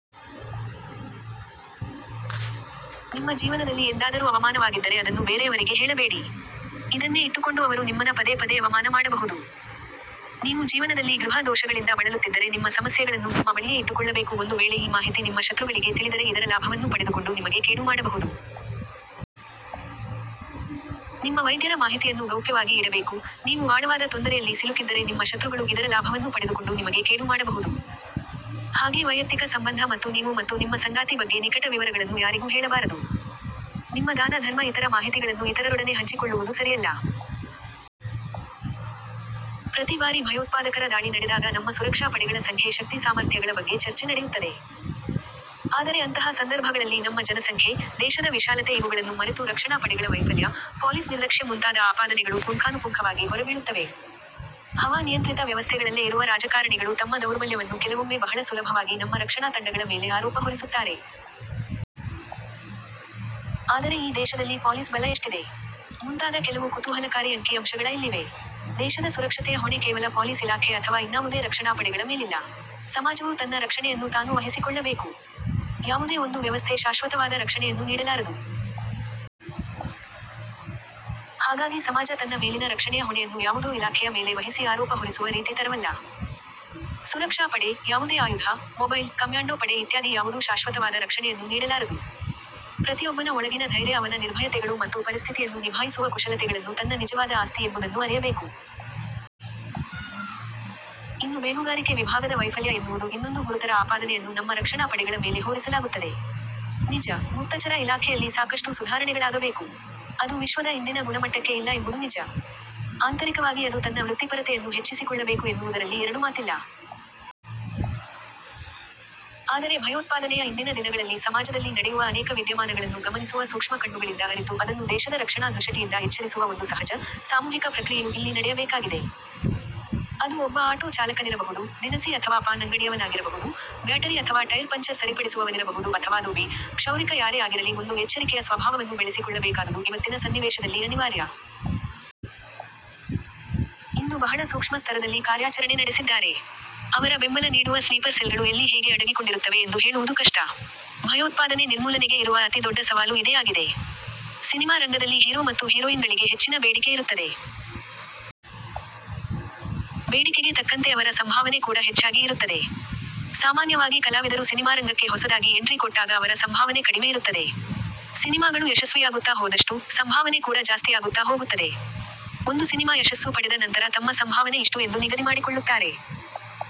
ನಿಮ್ಮ ಜೀವನದಲ್ಲಿ ಎಂದಾದರೂ ಅವಮಾನವಾಗಿದ್ದರೆ ಅದನ್ನು ಬೇರೆಯವರಿಗೆ ಹೇಳಬೇಡಿ. ಇದನ್ನೇ ಇಟ್ಟುಕೊಂಡು ಅವರು ನಿಮ್ಮನ್ನ ಪದೇ ಪದೇ ಅವಮಾನ ಮಾಡಬಹುದು. ನೀವು ಜೀವನದಲ್ಲಿ ಗೃಹ ದೋಷಗಳಿಂದ ಬಳಲುತ್ತಿದ್ದರೆ ನಿಮ್ಮ ಸಮಸ್ಯೆಗಳನ್ನು ನಿಮ್ಮ ಬಳಿಯೇ ಇಟ್ಟುಕೊಳ್ಳಬೇಕು ಒಂದು ವೇಳೆ ಈ ಮಾಹಿತಿ ನಿಮ್ಮ ಶತ್ರುಗಳಿಗೆ ತಿಳಿದರೆ ಇದರ ಲಾಭವನ್ನು ಪಡೆದುಕೊಂಡು ನಿಮಗೆ ಕೇಡು ಮಾಡಬಹುದು. ನಿಮ್ಮ ವೈದ್ಯರ ಮಾಹಿತಿಯನ್ನು ಗೌಪ್ಯವಾಗಿ ಇಡಬೇಕು, ನೀವು ಆಳವಾದ ತೊಂದರೆಯಲ್ಲಿ ಸಿಲುಕಿದ್ದರೆ ನಿಮ್ಮ ಶತ್ರುಗಳು ಇದರ ಲಾಭವನ್ನು ಪಡೆದುಕೊಂಡು ನಿಮಗೆ ಕೇಡು ಮಾಡಬಹುದು. ಹಾಗೇ ವೈಯಕ್ತಿಕ ಸಂಬಂಧ ಮತ್ತು ನೀವು ಮತ್ತು ನಿಮ್ಮ ಸಂಗಾತಿ ಬಗ್ಗೆ ನಿಕಟ ವಿವರಗಳನ್ನು ಯಾರಿಗೂ ಹೇಳಬಾರದು. ನಿಮ್ಮ ದಾನ ಧರ್ಮ ಇತರ ಮಾಹಿತಿಗಳನ್ನು ಇತರರೊಡನೆ ಹಂಚಿಕೊಳ್ಳುವುದು ಸರಿಯಲ್ಲ. ಪ್ರತಿ ಬಾರಿ ಭಯೋತ್ಪಾದಕರ ದಾಳಿ ನಡೆದಾಗ ನಮ್ಮ ಸುರಕ್ಷಾ ಪಡೆಗಳ ಸಂಖ್ಯೆ ಶಕ್ತಿ ಸಾಮರ್ಥ್ಯಗಳ ಬಗ್ಗೆ ಚರ್ಚೆ ನಡೆಯುತ್ತದೆ. ಆದರೆ ಅಂತಹ ಸಂದರ್ಭಗಳಲ್ಲಿ ನಮ್ಮ ಜನಸಂಖ್ಯೆ, ದೇಶದ ವಿಶಾಲತೆ ಇವುಗಳನ್ನು ಮರೆತು ರಕ್ಷಣಾ ಪಡೆಗಳ ವೈಫಲ್ಯ, ಪೊಲೀಸ್ ನಿರ್ಲಕ್ಷ್ಯ ಮುಂತಾದ ಆಪಾದನೆಗಳು ಪುಂಖಾನುಪುಂಖವಾಗಿ ಹೊರಬೀಳುತ್ತವೆ. ಹವಾ ನಿಯಂತ್ರಿತ ವ್ಯವಸ್ಥೆಗಳಲ್ಲೆ ಇರುವ ರಾಜಕಾರಣಿಗಳು ತಮ್ಮ ದೌರ್ಬಲ್ಯವನ್ನು ಕೆಲವೊಮ್ಮೆ ಬಹಳ ಸುಲಭವಾಗಿ ನಮ್ಮ ರಕ್ಷಣಾ ತಂಡಗಳ ಮೇಲೆ ಆರೋಪ ಹೊರಿಸುತ್ತಾರೆ. ಆದರೆ ಈ ದೇಶದಲ್ಲಿ ಪೊಲೀಸ್ ಬಲ ಎಷ್ಟಿದೆ? ಮುಂತಾದ ಕೆಲವು ಕುತೂಹಲಕಾರಿ ಅಂಕಿ ಅಂಶಗಳ ಇಲ್ಲಿವೆ. ದೇಶದ ಸುರಕ್ಷತೆಯ ಹೊಣೆ ಕೇವಲ ಪೊಲೀಸ್ ಇಲಾಖೆ ಅಥವಾ ಇನ್ನಾವುದೇ ರಕ್ಷಣಾಪಡೆಗಳ ಮೇಲಿಲ್ಲ. ಸಮಾಜವು ತನ್ನ ರಕ್ಷಣೆಯನ್ನು ತಾನೂ ವಹಿಸಿಕೊಳ್ಳಬೇಕು. ಯಾವುದೇ ಒಂದು ವ್ಯವಸ್ಥೆ ಶಾಶ್ವತವಾದ ರಕ್ಷಣೆಯನ್ನು ನೀಡಲಾರದು. ಹಾಗಾಗಿ ಸಮಾಜ ತನ್ನ ಮೇಲಿನ ರಕ್ಷಣೆಯ ಹೊಣೆಯನ್ನು ಯಾವುದೋ ಇಲಾಖೆಯ ಮೇಲೆ ವಹಿಸಿ ಆರೋಪ ಹೊರಿಸುವ ರೀತಿ ತರವಲ್ಲ. ಸುರಕ್ಷಾ ಪಡೆ, ಯಾವುದೇ ಆಯುಧ, ಮೊಬೈಲ್, ಕಮ್ಯಾಂಡೋ ಪಡೆ ಇತ್ಯಾದಿ ಯಾವುದೂ ಶಾಶ್ವತವಾದ ರಕ್ಷಣೆಯನ್ನು ನೀಡಲಾರದು. ಪ್ರತಿಯೊಬ್ಬನ ಒಳಗಿನ ಧೈರ್ಯ ಅವನ ನಿರ್ಭಯತೆಗಳು ಮತ್ತು ಪರಿಸ್ಥಿತಿಯನ್ನು ನಿಭಾಯಿಸುವ ಕುಶಲತೆಗಳನ್ನು ತನ್ನ ನಿಜವಾದ ಆಸ್ತಿ ಎಂಬುದನ್ನು ಅರಿಯಬೇಕು. ಇನ್ನು ಬೇಹುಗಾರಿಕೆ ವಿಭಾಗದ ವೈಫಲ್ಯ ಎನ್ನುವುದು ಇನ್ನೊಂದು ಗುರುತರ ಆಪಾದನೆಯನ್ನು ನಮ್ಮ ರಕ್ಷಣಾ ಪಡೆಗಳ ಮೇಲೆ ಹೋರಿಸಲಾಗುತ್ತದೆ. ನಿಜ, ಗುಪ್ತಚರ ಇಲಾಖೆಯಲ್ಲಿ ಸಾಕಷ್ಟು ಸುಧಾರಣೆಗಳಾಗಬೇಕು. ಅದು ವಿಶ್ವದ ಇಂದಿನ ಗುಣಮಟ್ಟಕ್ಕೆ ಇಲ್ಲ ಎಂಬುದು ನಿಜ. ಆಂತರಿಕವಾಗಿ ಅದು ತನ್ನ ವೃತ್ತಿಪರತೆಯನ್ನು ಹೆಚ್ಚಿಸಿಕೊಳ್ಳಬೇಕು ಎನ್ನುವುದರಲ್ಲಿ ಎರಡು ಮಾತಿಲ್ಲ. ಆದರೆ ಭಯೋತ್ಪಾದನೆಯ ಇಂದಿನ ದಿನಗಳಲ್ಲಿ ಸಮಾಜದಲ್ಲಿ ನಡೆಯುವ ಅನೇಕ ವಿದ್ಯಮಾನಗಳನ್ನು ಗಮನಿಸುವ ಸೂಕ್ಷ್ಮ ಕಣ್ಣುಗಳಿಂದ ಅರಿತು ಅದನ್ನು ದೇಶದ ರಕ್ಷಣಾ ದೃಷಟಿಯಿಂದ ಎಚ್ಚರಿಸುವ ಒಂದು ಸಹಜ, ಸಾಮೂಹಿಕ ಪ್ರಕ್ರಿಯೆಯು ಇಲ್ಲಿ ನಡೆಯಬೇಕಾಗಿದೆ. ಅದು ಒಬ್ಬ ಆಟೋ ಚಾಲಕನಿರಬಹುದು, ದಿನಸಿ ಅಥವಾ ಪಾನ್ ಅಂಗಡಿಯವನಾಗಿರಬಹುದು, ಬ್ಯಾಟರಿ ಅಥವಾ ಟೈರ್ ಪಂಚರ್ ಸರಿಪಡಿಸುವವನಿರಬಹುದು ಅಥವಾ ದೋಬಿ, ಕ್ಷೌರಿಕ ಯಾರೇ ಆಗಿರಲಿ ಒಂದು ಎಚ್ಚರಿಕೆಯ ಸ್ವಭಾವವನ್ನು ಬೆಳೆಸಿಕೊಳ್ಳಬೇಕಾದುದು ಇವತ್ತಿನ ಸನ್ನಿವೇಶದಲ್ಲಿ ಅನಿವಾರ್ಯ. ಇಂದು ಬಹಳ ಸೂಕ್ಷ್ಮ ಸ್ತರದಲ್ಲಿ ಕಾರ್ಯಾಚರಣೆ ನಡೆಸಿದ್ದಾರೆ. ಅವರ ಬೆಂಬಲ ನೀಡುವ ಸ್ಲೀಪರ್ ಸೆಲ್ಗಳು ಎಲ್ಲಿ ಹೇಗೆ ಅಡಗಿಕೊಂಡಿರುತ್ತವೆ ಎಂದು ಹೇಳುವುದು ಕಷ್ಟ. ಭಯೋತ್ಪಾದನೆ ನಿರ್ಮೂಲನೆಗೆ ಇರುವ ಅತಿ ದೊಡ್ಡ ಸವಾಲು ಇದೇ ಆಗಿದೆ. ಸಿನಿಮಾ ರಂಗದಲ್ಲಿ ಹೀರೋ ಮತ್ತು ಹೀರೋಯಿನ್ ಗಳಿಗೆ ಹೆಚ್ಚಿನ ಬೇಡಿಕೆ ಇರುತ್ತದೆ. ಬೇಡಿಕೆಗೆ ತಕ್ಕಂತೆ ಅವರ ಸಂಭಾವನೆ ಕೂಡ ಹೆಚ್ಚಾಗಿ ಇರುತ್ತದೆ. ಸಾಮಾನ್ಯವಾಗಿ ಕಲಾವಿದರು ಸಿನಿಮಾರಂಗಕ್ಕೆ ಹೊಸದಾಗಿ ಎಂಟ್ರಿ ಕೊಟ್ಟಾಗ ಅವರ ಸಂಭಾವನೆ ಕಡಿಮೆ ಇರುತ್ತದೆ. ಸಿನಿಮಾಗಳು ಯಶಸ್ವಿಯಾಗುತ್ತಾ ಹೋದಷ್ಟು, ಸಂಭಾವನೆ ಕೂಡ ಜಾಸ್ತಿಯಾಗುತ್ತಾ ಹೋಗುತ್ತದೆ. ಒಂದು ಸಿನಿಮಾ ಯಶಸ್ಸು ಪಡೆದ ನಂತರ ತಮ್ಮ ಸಂಭಾವನೆ ಇಷ್ಟು ಎಂದು ನಿಗದಿಮಾಡಿಕೊಳ್ಳುತ್ತಾರೆ.